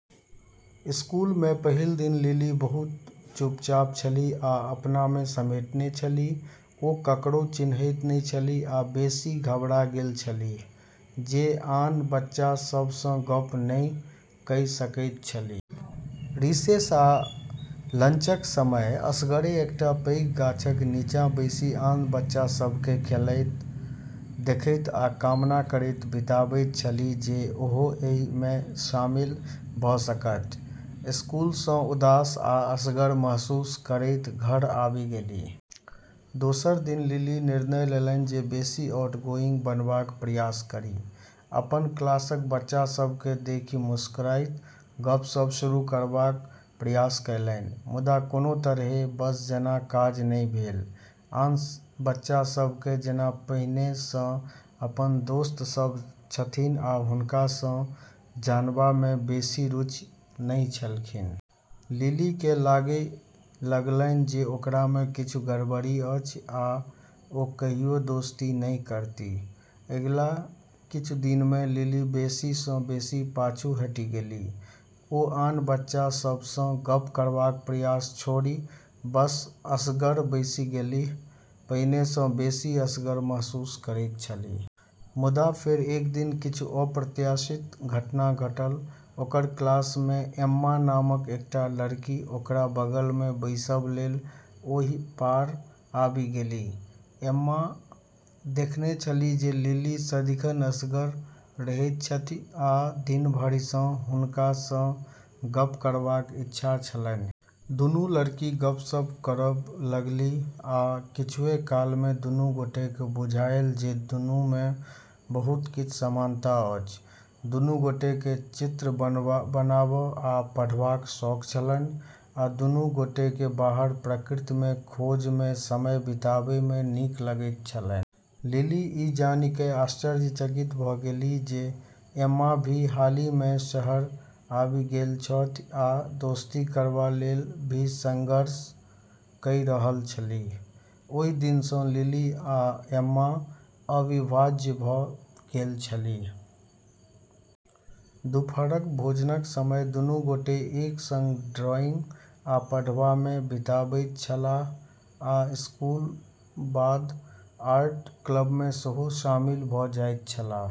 School मे पहिल दिन लिली बहुत चुपचाप छलीह आ अपना मे समेटने छलीह। ओ ककरो चिन्हैत नहि छलीह आ बेसी घबरा गेल छलीह जे आन बच्चा सभ सँ गप्प नहि कइ सकैत छलीह। रिसेस आ लंचक समय असगरे एकटा पैघ गाछक नीचा बैसि आन बच्चा सभ केँ खेलैत देखैत आ कामना करैत बिताबैत छलीह जे ओहो एहि मे शामिल भऽ सकथि। स्कूल सँ उदास आ असगर महसूस करैत घर आबि गेलीह। दोसर दिन लिली निर्णय लेलनि जे बेसी आउटगोइंग बनबाक प्रयास करी। अपन क्लासक बच्चा सभ केँ देखि मुस्कुराइत गप्प-सप्प शुरू करबाक प्रयास कएलनि। मुदा कोनो तरहेँ, बस जेना काज नहि भेल। आन बच्चा सभ केँ जेना पहिने सँ अपन दोस्त सभ छथिन आ हुनका सँ जानबा मे बेसी रुचि नहि छलखिन। लिली केँ लागै लागलैन जे ओकरा मे किछु गड़बड़ी अछि आ ओ कहियो दोस्ती नहि करतीह। अगिला किछु दिन मे लिली बेसी सँ बेसी पाछू हटि गेलीह। ओ आन बच्चा सभ सँ गप्प करबाक प्रयास छोड़ि बस असगर बैसि गेलीह, पहिने सँ बेसी असगर महसूस करैत छलीह। मुदा फेर एक दिन किछु अप्रत्याशित घटना घटल। ओकर क्लास मे एम्मा नामक एकटा लड़की ओकरा बगल मे बैसब लेल ओहि पार आबि गेलीह। एम्मा देखने छलीह जे लिली सदिखन असगर रहैत छथि आ दिन भरि सँ हुनका सँ गप्प करबाक इच्छा छलनि। दुनू लड़की गप्प-सप्प करब लगलीह आ किछुए काल मे दुनू गोटे केँ बुझायल जे दुनू मे बहुत किछु समानता अछि। दुनू गोटे केँ चित्र बनाब आ पढ़बाक शौक छलनि, आ दुनू गोटे केँ बाहर प्रकृति मे खोज मे समय बिताबै मे नीक लगैत छलनि। लिली ई जानि कऽ आश्चर्यचकित भऽ गेलीह जे एम्मा भी हालही मे शहर आबि गेल छथि आ दोस्ती करबा लेल भी संघर्ष कइ रहल छलीह। ओहि दिन सँ लिली आ एम्मा अविभाज्य भऽ गेल छलीह। दुपहरक भोजनक समय दुनू गोटे एक संग ड्राइंग आ पढ़बा मे बिताबैत छलाह आ स्कूलक बादक आर्ट क्लब मे सेहो शामिल भऽ जाइत छलाह।